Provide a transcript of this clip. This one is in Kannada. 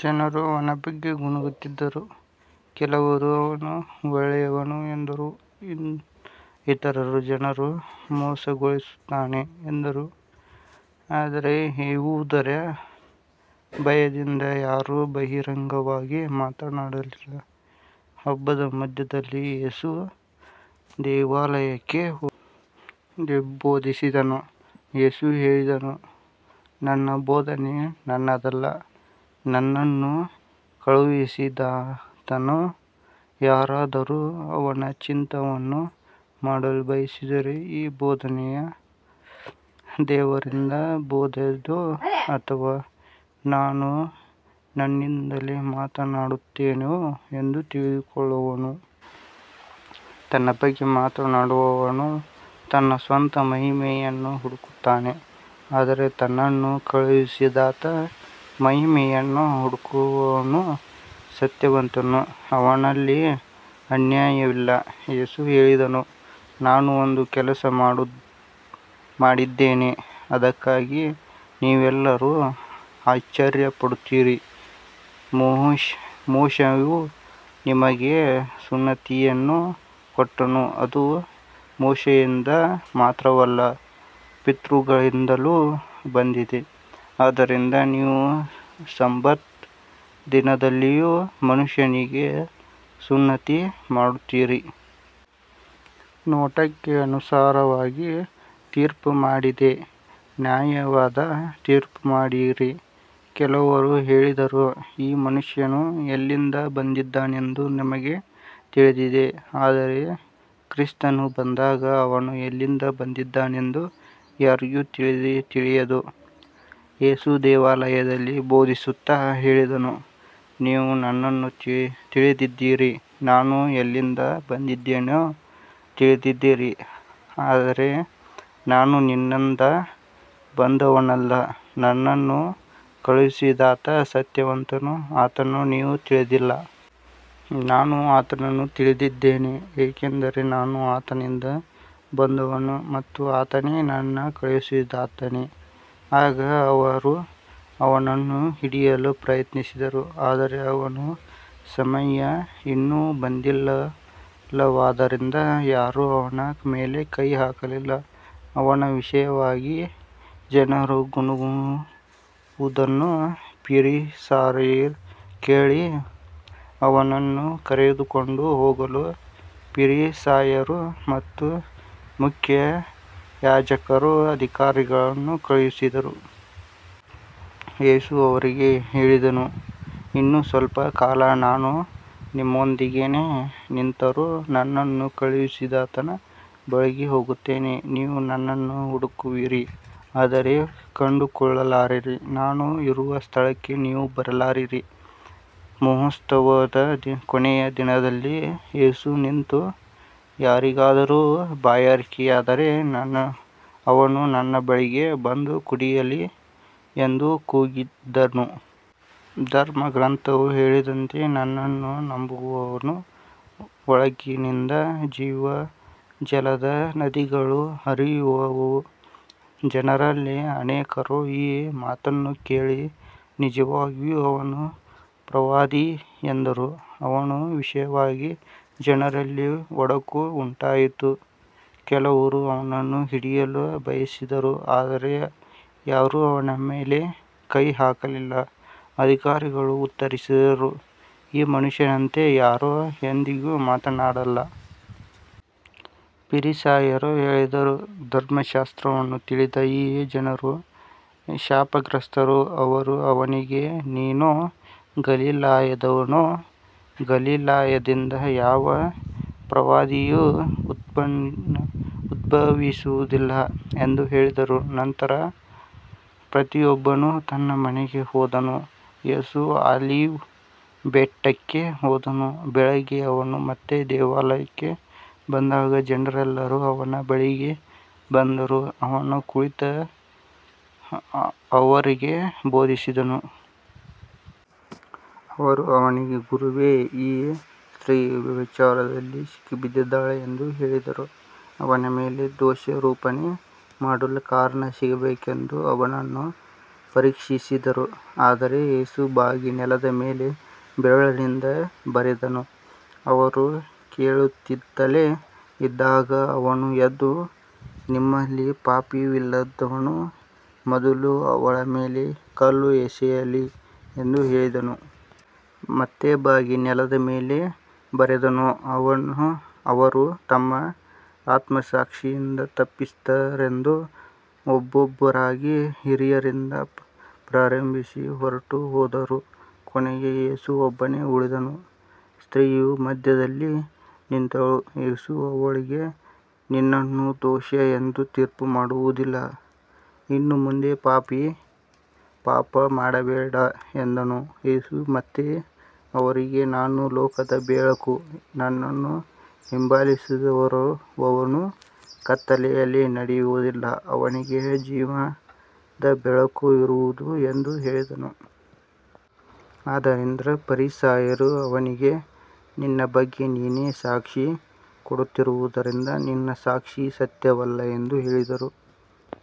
ಜನರು ಅವನ ಬಗ್ಗೆ ಗೊಣಗುತ್ತಿದ್ದರು, ಕೆಲವರು ಅವನು ಒಳ್ಳೆಯವನು ಎಂದರು, ಇತರರು ಜನರನ್ನು ಮೋಸಗೊಳಿಸುತ್ತಾನೆ ಎಂದರು, ಆದರೆ ಯೆಹೂದ್ಯರ ಭಯದಿಂದ ಯಾರೂ ಬಹಿರಂಗವಾಗಿ ಮಾತನಾಡಲಿಲ್ಲ. ಹಬ್ಬದ ಮಧ್ಯದಲ್ಲಿ ಯೇಸು ದೇವಾಲಯಕ್ಕೆ ಹೋಗಿ ಬೋಧಿಸಿದನು. ಯೇಸು ಹೇಳಿದನು, ನನ್ನ ಬೋಧನೆ ನನ್ನದಲ್ಲ, ನನ್ನನ್ನು ಕಳುಹಿಸಿದಾತನದು. ಯಾರಾದರೂ ಅವನ ಚಿತ್ತವನ್ನು ಮಾಡಲು ಬಯಸಿದರೆ ಈ ಬೋಧನೆಯು ದೇವರಿಂದ ಬಂದದ್ದೋ ಅಥವಾ ನಾನು ನನ್ನಿಂದಲೇ ಮಾತನಾಡುತ್ತೇನೋ ಎಂದು ತಿಳಿದುಕೊಳ್ಳುವನು. ತನ್ನ ಬಗ್ಗೆ ಮಾತನಾಡುವವನು ತನ್ನ ಸ್ವಂತ ಮಹಿಮೆಯನ್ನು ಹುಡುಕುತ್ತಾನೆ, ಆದರೆ ತನ್ನನ್ನು ಕಳುಹಿಸಿದಾತನ ಮಹಿಮೆಯನ್ನು ಹುಡುಕುವವನು ಸತ್ಯವಂತನು, ಅವನಲ್ಲಿ ಅನ್ಯಾಯವಿಲ್ಲ. ಯೇಸು ಹೇಳಿದನು, ನಾನು ಒಂದು ಕೆಲಸ ಮಾಡಿದ್ದೇನೆ, ಅದಕ್ಕಾಗಿ ನೀವೆಲ್ಲರೂ ಆಶ್ಚರ್ಯಪಡುತ್ತೀರಿ. ಮೋಶೆಯು ನಿಮಗೆ ಸುನ್ನತಿಯನ್ನು ಕೊಟ್ಟನು, ಅದು ಮೋಶೆಯಿಂದ ಮಾತ್ರವಲ್ಲ, ಪಿತೃಗಳಿಂದಲೂ ಬಂದಿದೆ, ಆದ್ದರಿಂದ ನೀವು ಸಬ್ಬತ್ ದಿನದಲ್ಲಿಯೂ ಮನುಷ್ಯನಿಗೆ ಸುನ್ನತಿ ಮಾಡುತ್ತೀರಿ. ನೋಟಕ್ಕೆ ಅನುಸಾರವಾಗಿ ತೀರ್ಪು ಮಾಡದೆ ನ್ಯಾಯವಾದ ತೀರ್ಪು ಮಾಡಿರಿ. ಕೆಲವರು ಹೇಳಿದರು, ಈ ಮನುಷ್ಯನು ಎಲ್ಲಿಂದ ಬಂದಿದ್ದಾನೆಂದು ನಮಗೆ ತಿಳಿದಿದೆ, ಆದರೆ ಕ್ರಿಸ್ತನು ಬಂದಾಗ ಅವನು ಎಲ್ಲಿಂದ ಬಂದಿದ್ದಾನೆಂದು ಯಾರಿಗೂ ತಿಳಿಯದು. ಯೇಸು ದೇವಾಲಯದಲ್ಲಿ ಬೋಧಿಸುತ್ತಾ ಹೇಳಿದನು, ನೀವು ನನ್ನನ್ನು ತಿಳಿದಿದ್ದೀರಿ, ನಾನು ಎಲ್ಲಿಂದ ಬಂದಿದ್ದೇನೆಂದೂ ತಿಳಿದಿದ್ದೀರಿ, ಆದರೆ ನಾನು ನನ್ನಿಂದ ಬಂದವನಲ್ಲ, ನನ್ನನ್ನು ಕಳುಹಿಸಿದಾತನು ಸತ್ಯವಂತನು, ಆತನನ್ನು ನೀವು ತಿಳಿದಿಲ್ಲ. ನಾನು ಆತನನ್ನು ತಿಳಿದಿದ್ದೇನೆ, ಏಕೆಂದರೆ ನಾನು ಆತನಿಂದ ಬಂದವನು ಮತ್ತು ಆತನೇ ನನ್ನನ್ನು ಕಳುಹಿಸಿದ್ದಾನೆ. ಆಗ ಅವರು ಅವನನ್ನು ಹಿಡಿಯಲು ಪ್ರಯತ್ನಿಸಿದರು, ಆದರೆ ಅವನ ಸಮಯ ಇನ್ನೂ ಬಂದಿರಲಿಲ್ಲವಾದ್ದರಿಂದ ಯಾರೂ ಅವನ ಮೇಲೆ ಕೈ ಹಾಕಲಿಲ್ಲ. ಅವನ ವಿಷಯವಾಗಿ ಜನರು ಗೊಣಗುವುದನ್ನು ಫರಿಸಾಯರು ಕೇಳಿ, ಅವನನ್ನು ಕರೆದುಕೊಂಡು ಹೋಗಲು ಫರಿಸಾಯರು ಮತ್ತು ಮುಖ್ಯಯಾಜಕರು ಅಧಿಕಾರಿಗಳನ್ನು ಕಳುಹಿಸಿದರು. ಯೇಸು ಅವರಿಗೆ ಹೇಳಿದನು, ಇನ್ನೂ ಸ್ವಲ್ಪ ಕಾಲ ನಾನು ನಿಮ್ಮೊಂದಿಗಿದ್ದೇನೆ, ನಂತರ ನನ್ನನ್ನು ಕಳುಹಿಸಿದಾತನ ಬಳಿಗೆ ಹೋಗುತ್ತೇನೆ. ನೀವು ನನ್ನನ್ನು ಹುಡುಕುವಿರಿ, ಆದರೆ ಕಂಡುಕೊಳ್ಳಲಾರಿರಿ, ನಾನು ಇರುವ ಸ್ಥಳಕ್ಕೆ ನೀವು ಬರಲಾರಿರಿ. ಮಹೋತ್ಸವದ ಕೊನೆಯ ದಿನದಲ್ಲಿ ಯೇಸು ನಿಂತು, ಯಾರಿಗಾದರೂ ಬಾಯಾರಿಕೆಯಾಗಿದ್ದರೆ ಅವನು ನನ್ನ ಬಳಿಗೆ ಬಂದು ಕುಡಿಯಲಿ ಎಂದು ಕೂಗಿದನು. ಧರ್ಮಗ್ರಂಥವು ಹೇಳಿದಂತೆ, ನನ್ನನ್ನು ನಂಬುವವನ ಒಳಗಿನಿಂದ ಜೀವಜಲದ ನದಿಗಳು ಹರಿಯುವವು. ಜನರಲ್ಲಿ ಅನೇಕರು ಈ ಮಾತನ್ನು ಕೇಳಿ, ನಿಜವಾಗಿಯೂ ಇವನು ಪ್ರವಾದಿ ಎಂದರು. ಅವನ ವಿಷಯವಾಗಿ ಜನರಲ್ಲಿ ಒಡಕು ಉಂಟಾಯಿತು, ಕೆಲವರು ಅವನನ್ನು ಹಿಡಿಯಲು ಬಯಸಿದರು, ಆದರೆ ಯಾರೂ ಅವನ ಮೇಲೆ ಕೈ ಹಾಕಲಿಲ್ಲ. ಅಧಿಕಾರಿಗಳು ಉತ್ತರಿಸಿದರು, ಈ ಮನುಷ್ಯನಂತೆ ಯಾರೂ ಎಂದಿಗೂ ಮಾತನಾಡಿಲ್ಲ. ಫರಿಸಾಯರು ಹೇಳಿದರು, ಧರ್ಮಶಾಸ್ತ್ರವನ್ನು ತಿಳಿಯದ ಈ ಜನರು ಶಾಪಗ್ರಸ್ತರು. ಅವರು ಅವನಿಗೆ, ನೀನೂ ಗಲಿಲಾಯದವನೋ, ಗಲಿಲಾಯದಿಂದ ಯಾವ ಪ್ರವಾದಿಯೂ ಉದ್ಭವಿಸುವುದಿಲ್ಲ ಎಂದು ಹೇಳಿದರು. ನಂತರ ಪ್ರತಿಯೊಬ್ಬನು ತನ್ನ ಮನೆಗೆ ಹೋದನು. ಯೇಸು ಆಲಿವ್ ಬೆಟ್ಟಕ್ಕೆ ಹೋದನು. ಬೆಳಿಗ್ಗೆ ಅವನು ಮತ್ತೆ ದೇವಾಲಯಕ್ಕೆ ಬಂದಾಗ ಜನರೆಲ್ಲರೂ ಅವನ ಬಳಿಗೆ ಬಂದರು, ಅವನು ಕುಳಿತು ಅವರಿಗೆ ಬೋಧಿಸಿದನು. ಅವರು ಅವನಿಗೆ, ಗುರುವೇ, ಈ ಸ್ತ್ರೀಯು ವ್ಯಭಿಚಾರದಲ್ಲಿ ಸಿಕ್ಕಿಬಿದ್ದಿದ್ದಾಳೆ ಎಂದು ಹೇಳಿದರು. ಅವನ ಮೇಲೆ ದೋಷಾರೋಪಣೆ ಮಾಡಲು ಕಾರಣ ಸಿಗಬೇಕೆಂದು ಅವನನ್ನು ಪರೀಕ್ಷಿಸಿದರು, ಆದರೆ ಯೇಸು ಬಾಗಿ ನೆಲದ ಮೇಲೆ ಬೆರಳಿನಿಂದ ಬರೆದನು. ಅವರು ಕೇಳುತ್ತಲೇ ಇದ್ದಾಗ ಅವನು ಎದ್ದು, ನಿಮ್ಮಲ್ಲಿ ಪಾಪವಿಲ್ಲದವನು ಮೊದಲು ಅವಳ ಮೇಲೆ ಕಲ್ಲು ಎಸೆಯಲಿ ಎಂದು ಹೇಳಿದನು. ಮತ್ತೆ ಬಾಗಿ ನೆಲದ ಮೇಲೆ ಬರೆದನು. ಅವರು ತಮ್ಮ ಆತ್ಮಸಾಕ್ಷಿಯಿಂದ ತಪ್ಪಿತಸ್ಥರೆಂದು ಒಬ್ಬೊಬ್ಬರಾಗಿ ಹಿರಿಯರಿಂದ ಪ್ರಾರಂಭಿಸಿ ಹೊರಟುಹೋದರು. ಕೊನೆಗೆ ಯೇಸು ಒಬ್ಬನೇ ಉಳಿದನು, ಸ್ತ್ರೀಯು ಮಧ್ಯದಲ್ಲಿ ನಿಂತಿದ್ದಳು. ಯೇಸು ಅವಳಿಗೆ, ನಿನ್ನನ್ನು ದೋಷಿ ಎಂದು ತೀರ್ಪುಮಾಡುವುದಿಲ್ಲ, ಇನ್ನು ಮುಂದೆ ಪಾಪ ಮಾಡಬೇಡ ಎಂದನು. ಯೇಸು ಮತ್ತೆ ಅವರಿಗೆ, ನಾನು ಲೋಕದ ಬೆಳಕು, ನನ್ನನ್ನು ಹಿಂಬಾಲಿಸುವವನು ಕತ್ತಲೆಯಲ್ಲಿ ನಡೆಯುವುದಿಲ್ಲ, ಅವನಿಗೆ ಜೀವದ ಬೆಳಕು ಇರುವುದು ಎಂದು ಹೇಳಿದನು. ಆದ್ದರಿಂದ ಫರಿಸಾಯರು ಅವನಿಗೆ, ನಿನ್ನ ಬಗ್ಗೆ ನೀನೇ ಸಾಕ್ಷಿ ಕೊಡುತ್ತಿರುವುದರಿಂದ ನಿನ್ನ ಸಾಕ್ಷಿ ಸತ್ಯವಲ್ಲ ಎಂದು ಹೇಳಿದರು.